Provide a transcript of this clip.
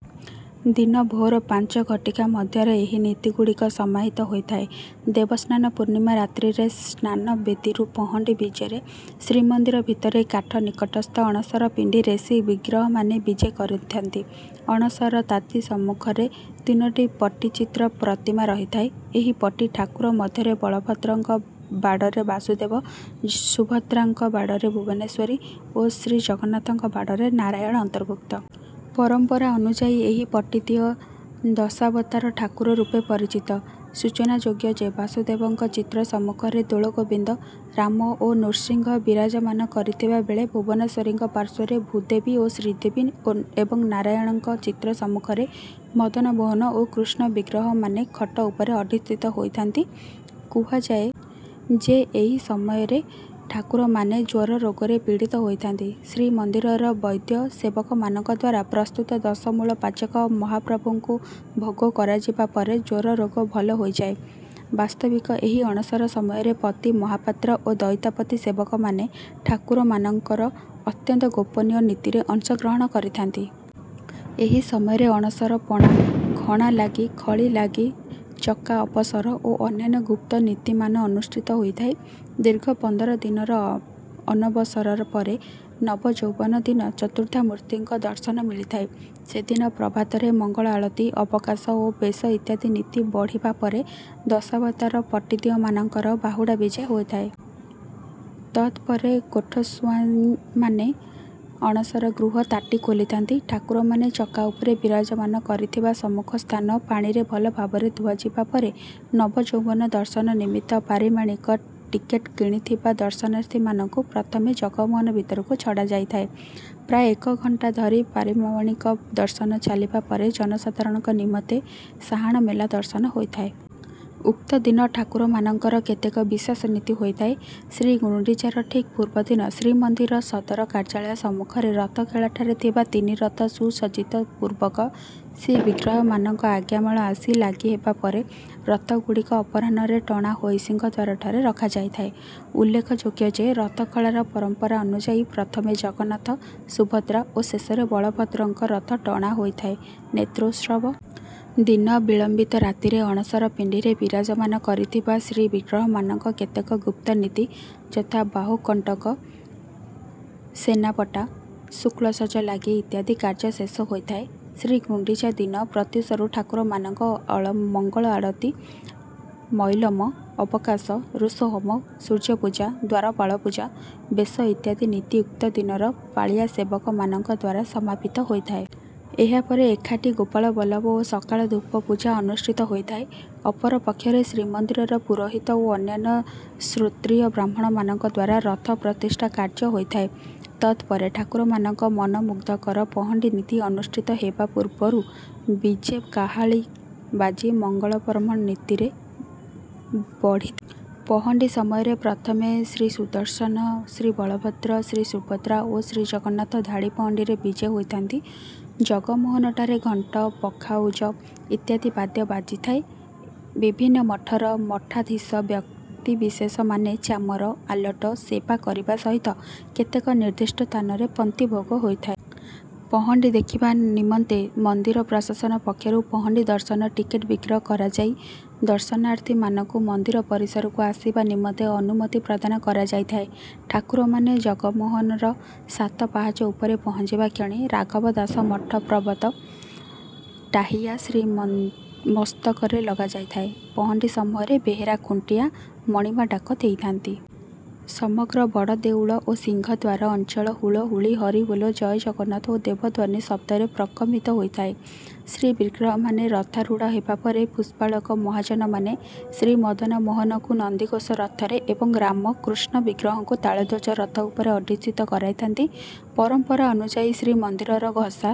ଦିନ ଭୋର ପାଞ୍ଚ ଘଟିକା ମଧ୍ୟରେ ଏହି ନୀତିଗୁଡ଼ିକ ସମାହିତ ହୋଇଥାଏ। ଦେବସ୍ନାନ ପୂର୍ଣ୍ଣିମା ରାତ୍ରିରେ ସ୍ନାନବେଦୀରୁ ପହଣ୍ଡି ବିଜେରେ ଶ୍ରୀମନ୍ଦିର ଭିତରେ କାଠ ନିକଟସ୍ଥ ଅଣସର ପିଣ୍ଡିରେ ଶ୍ରୀବିଗ୍ରହମାନେ ବିଜେ କରିଥାନ୍ତି। ଅଣସର ତାତି ସମ୍ମୁଖରେ ତିନୋଟି ପଟିଚିତ୍ର ପ୍ରତିମା ରହିଥାଏ। ଏହି ପଟି ଠାକୁର ମଧ୍ୟରେ ବଳଭଦ୍ରଙ୍କ ବାଡ଼ରେ ବାସୁଦେବ ସୁଭଦ୍ରାଙ୍କ ବାଡ଼ରେ ଭୁବନେଶ୍ୱରୀ ଓ ଶ୍ରୀଜଗନ୍ନାଥଙ୍କ ବାଡ଼ରେ ନାରାୟଣ ଅନ୍ତର୍ଭୁକ୍ତ। ପରମ୍ପରା ଅନୁଯାୟୀ ଏହି ପଟିଦିଅ ଦଶାବତାର ଠାକୁର ରୂପେ ପରିଚିତ। ସୂଚନାଯୋଗ୍ୟ ଯେ ବାସୁଦେବଙ୍କ ଚିତ୍ର ସମ୍ମୁଖରେ ଦୋଳଗୋବିନ୍ଦ ରାମ ଓ ନୃସିଂହ ବିରାଜମାନ କରିଥିବା ବେଳେ ଭୁବନେଶ୍ୱରୀଙ୍କ ପାର୍ଶ୍ୱରେ ଭୂଦେବୀ ଓ ଶ୍ରୀଦେବୀ ଓ ଏବଂ ନାରାୟଣଙ୍କ ଚିତ୍ର ସମ୍ମୁଖରେ ମଦନମୋହନ ଓ କୃଷ୍ଣ ବିଗ୍ରହମାନେ ଖଟ ଉପରେ ଅଧିଠିତ ହୋଇଥାନ୍ତି। କୁହାଯାଏ ଯେ ଏହି ସମୟରେ ଠାକୁରମାନେ ଜ୍ୱରରୋଗରେ ପୀଡ଼ିତ ହୋଇଥାନ୍ତି। ଶ୍ରୀମନ୍ଦିରର ବୈଦ୍ୟ ସେବକମାନଙ୍କ ଦ୍ୱାରା ପ୍ରସ୍ତୁତ ଦଶମୂଳ ପାଚକ ମହାପ୍ରଭୁଙ୍କୁ ଭୋଗ କରାଯିବା ପରେ ଜ୍ୱରରୋଗ ଭଲ ହୋଇଯାଏ। ବାସ୍ତବିକ ଏହି ଅଣସର ସମୟରେ ପତି ମହାପାତ୍ର ଓ ଦଇତାପତି ସେବକମାନେ ଠାକୁରମାନଙ୍କର ଅତ୍ୟନ୍ତ ଗୋପନୀୟ ନୀତିରେ ଅଂଶଗ୍ରହଣ କରିଥାନ୍ତି। ଏହି ସମୟରେ ଅଣସର ପଣା ଘଣାଲାଗି ଖଳିଲାଗି ଚକା ଅପସର ଓ ଅନ୍ୟାନ୍ୟ ଗୁପ୍ତ ନୀତିମାନ ଅନୁଷ୍ଠିତ ହୋଇଥାଏ। ଦୀର୍ଘ ପନ୍ଦର ଦିନର ଅ ଅନବସର ପରେ ନବଯୌବନ ଦିନ ଚତୁର୍ଦ୍ଧାମୂର୍ତ୍ତିଙ୍କ ଦର୍ଶନ ମିଳିଥାଏ। ସେଦିନ ପ୍ରଭାତରେ ମଙ୍ଗଳ ଆଳତି ଅବକାଶ ଓ ବେଶ ଇତ୍ୟାଦି ନୀତି ବଢ଼ିବା ପରେ ଦଶାବତାର ପଟିଦିଅଁମାନଙ୍କର ବାହୁଡ଼ା ବିଜେ ହୋଇଥାଏ। ତତ୍‌ପରେ କୋଠସୁଆଁମାନେ ଅଣସର ଗୃହ ତାଟି ଖୋଲିଥାନ୍ତି। ଠାକୁରମାନେ ଚକା ଉପରେ ବିରାଜମାନ କରିଥିବା ସମ୍ମୁଖସ୍ଥାନ ପାଣିରେ ଭଲ ଭାବରେ ଧୁଆଯିବା ପରେ ନବଯୌବନ ଦର୍ଶନ ନିମିତ୍ତ ପରିମାଣିକ ଟିକେଟ୍ କିଣିଥିବା ଦର୍ଶନାର୍ଥୀମାନଙ୍କୁ ପ୍ରଥମେ ଜଗମୋହନ ଭିତରକୁ ଛଡ଼ାଯାଇଥାଏ। ପ୍ରାୟ ଏକ ଘଣ୍ଟା ଧରି ପରିମାଣିକ ଦର୍ଶନ ଚାଲିବା ପରେ ଜନସାଧାରଣଙ୍କ ନିମନ୍ତେ ସାହାଣମେଲା ଦର୍ଶନ ହୋଇଥାଏ। ଉକ୍ତ ଦିନ ଠାକୁରମାନଙ୍କର କେତେକ ବିଶେଷ ନୀତି ହୋଇଥାଏ। ଶ୍ରୀଗୁଣ୍ଡିଚାର ଠିକ୍ ପୂର୍ବଦିନ ଶ୍ରୀମନ୍ଦିର ସଦର କାର୍ଯ୍ୟାଳୟ ସମ୍ମୁଖସ୍ଥ ରଥଖଳାଠାରେ ଥିବା ତିନି ରଥ ସୁସଜ୍ଜିତ ପୂର୍ବକ ଶ୍ରୀବିଗ୍ରହମାନଙ୍କ ଆଜ୍ଞାମାଳ ଆସି ଲାଗି ହେବା ପରେ ରଥଗୁଡ଼ିକ ଅପରାହ୍ନରେ ଟଣା ହୋଇ ସିଂହଦ୍ୱାରଠାରେ ରଖାଯାଇଥାଏ। ଉଲ୍ଲେଖଯୋଗ୍ୟ ଯେ ରଥଖଳାର ପରମ୍ପରା ଅନୁଯାୟୀ ପ୍ରଥମେ ଜଗନ୍ନାଥ ସୁଭଦ୍ରା ଓ ଶେଷରେ ବଳଭଦ୍ରଙ୍କ ରଥ ଟଣା ହୋଇଥାଏ। ନେତ୍ରୋତ୍ସବ ଦିନ ବିଳମ୍ବିତ ରାତ୍ରିରେ ଅଣସର ପିଣ୍ଡିରେ ବିରାଜମାନ କରିଥିବା ଶ୍ରୀବିଗ୍ରହମାନଙ୍କ କେତେକ ଗୁପ୍ତ ନୀତି ଯଥା ବାହୁଟକଣ୍ଟ, ସେନାପଟା ଶୁକ୍ଳସଜ ଲାଗି ଇତ୍ୟାଦି କାର୍ଯ୍ୟ ଶେଷ ହୋଇଥାଏ। ଶ୍ରୀଗୁଣ୍ଡିଚା ଦିନ ପ୍ରତ୍ୟୂଷରୁ ଠାକୁରମାନଙ୍କର ଅଳ ମଙ୍ଗଳ ଆଳତି ମଇଲମ ଅବକାଶ ରୋଷହୋମ ସୂର୍ଯ୍ୟପୂଜା ଦ୍ୱାରପାଳ ପୂଜା ବେଶ ଇତ୍ୟାଦି ନୀତି ଉକ୍ତ ଦିନର ପାଳିଆ ସେବକମାନଙ୍କ ଦ୍ୱାରା ସମାପିତ ହୋଇଥାଏ। ଏହାପରେ ଏକାଠି ଗୋପାଳବଲ୍ଲଭ ଓ ସକାଳ ଧୂପ ପୂଜା ଅନୁଷ୍ଠିତ ହୋଇଥାଏ। ଅପରପକ୍ଷରେ ଶ୍ରୀମନ୍ଦିର ପୁରୋହିତ ଓ ଅନ୍ୟାନ୍ୟ ଶ୍ରୋତ୍ରୀୟ ବ୍ରାହ୍ମଣମାନଙ୍କ ଦ୍ୱାରା ରଥ ପ୍ରତିଷ୍ଠା କାର୍ଯ୍ୟ ହୋଇଥାଏ। ତତ୍‌ପରେ ଠାକୁରମାନଙ୍କ ମନମୁଗ୍ଧକର ପହଣ୍ଡି ନୀତି ଅନୁଷ୍ଠିତ ହେବା ପୂର୍ବରୁ ବିଜେ କାହାଳୀ ବାଜି ମଙ୍ଗଳପର୍ମଣ୍ ନୀତିରେ ବଢ଼ି। ପହଣ୍ଡି ସମୟରେ ପ୍ରଥମେ ଶ୍ରୀସୁଦର୍ଶନ ଶ୍ରୀବଳଭଦ୍ର ଶ୍ରୀସୁଭଦ୍ରା ଓ ଶ୍ରୀଜଗନ୍ନାଥ ଧାଡ଼ି ପହଣ୍ଡିରେ ବିଜେ ହୋଇଥାନ୍ତି। ଜଗମୋହନଠାରେ ଘଣ୍ଟ ପଖାଉଜ ଇତ୍ୟାଦି ବାଦ୍ୟ ବାଜିଥାଏ। ବିଭିନ୍ନ ମଠର ମଠାଧୀଶ ବ୍ୟକ୍ତିବିଶେଷମାନେ ଚାମର ଆଲଟ ସେବା କରିବା ସହିତ କେତେକ ନିର୍ଦ୍ଦିଷ୍ଟ ସ୍ଥାନରେ ପନ୍ତି ଭୋଗ ହୋଇଥାଏ। ପହଣ୍ଡି ଦେଖିବା ନିମନ୍ତେ ମନ୍ଦିର ପ୍ରଶାସନ ପକ୍ଷରୁ ପହଣ୍ଡି ଦର୍ଶନ ଟିକେଟ୍ ବିକ୍ରୟ କରାଯାଇ ଦର୍ଶନାର୍ଥୀମାନଙ୍କୁ ମନ୍ଦିର ପରିସରକୁ ଆସିବା ନିମନ୍ତେ ଅନୁମତି ପ୍ରଦାନ କରାଯାଇଥାଏ। ଠାକୁରମାନେ ଜଗମୋହନର ସାତ ପାହାଚ ଉପରେ ପହଞ୍ଚିବା କ୍ଷଣି ରାଘବ ଦାସ ମଠ ପ୍ରବତ୍ତ ଟାହିଆ ଶ୍ରୀମସ୍ତକରେ ଲଗାଯାଇଥାଏ। ପହଣ୍ଡି ସମୟରେ ବେହେରା ଖୁଣ୍ଟିଆ ମଣିମା ଡାକ ଦେଇଥାନ୍ତି। ସମଗ୍ର ବଡ଼ ଦେଉଳ ଓ ସିଂହଦ୍ୱାର ଅଞ୍ଚଳ ହୁଳହୁଳି ହରିବୋଲ ଜୟ ଜଗନ୍ନାଥ ଓ ଦେବଧ୍ୱନି ଶବ୍ଦରେ ପ୍ରକମ୍ପିତ ହୋଇଥାଏ। ଶ୍ରୀବିଗ୍ରହମାନେ ରଥାରୂଢ଼ ହେବାପରେ ପୁଷ୍ପାଳକ ମହାଜନମାନେ ଶ୍ରୀମଦନମୋହନକୁ ନନ୍ଦିଘୋଷ ରଥରେ ଏବଂ ରାମ କୃଷ୍ଣ ବିଗ୍ରହଙ୍କୁ ତାଳଧ୍ୱଜ ରଥ ଉପରେ ଅଧିଠିତ କରାଇଥାନ୍ତି। ପରମ୍ପରା ଅନୁଯାୟୀ ଶ୍ରୀମନ୍ଦିରର ଘସା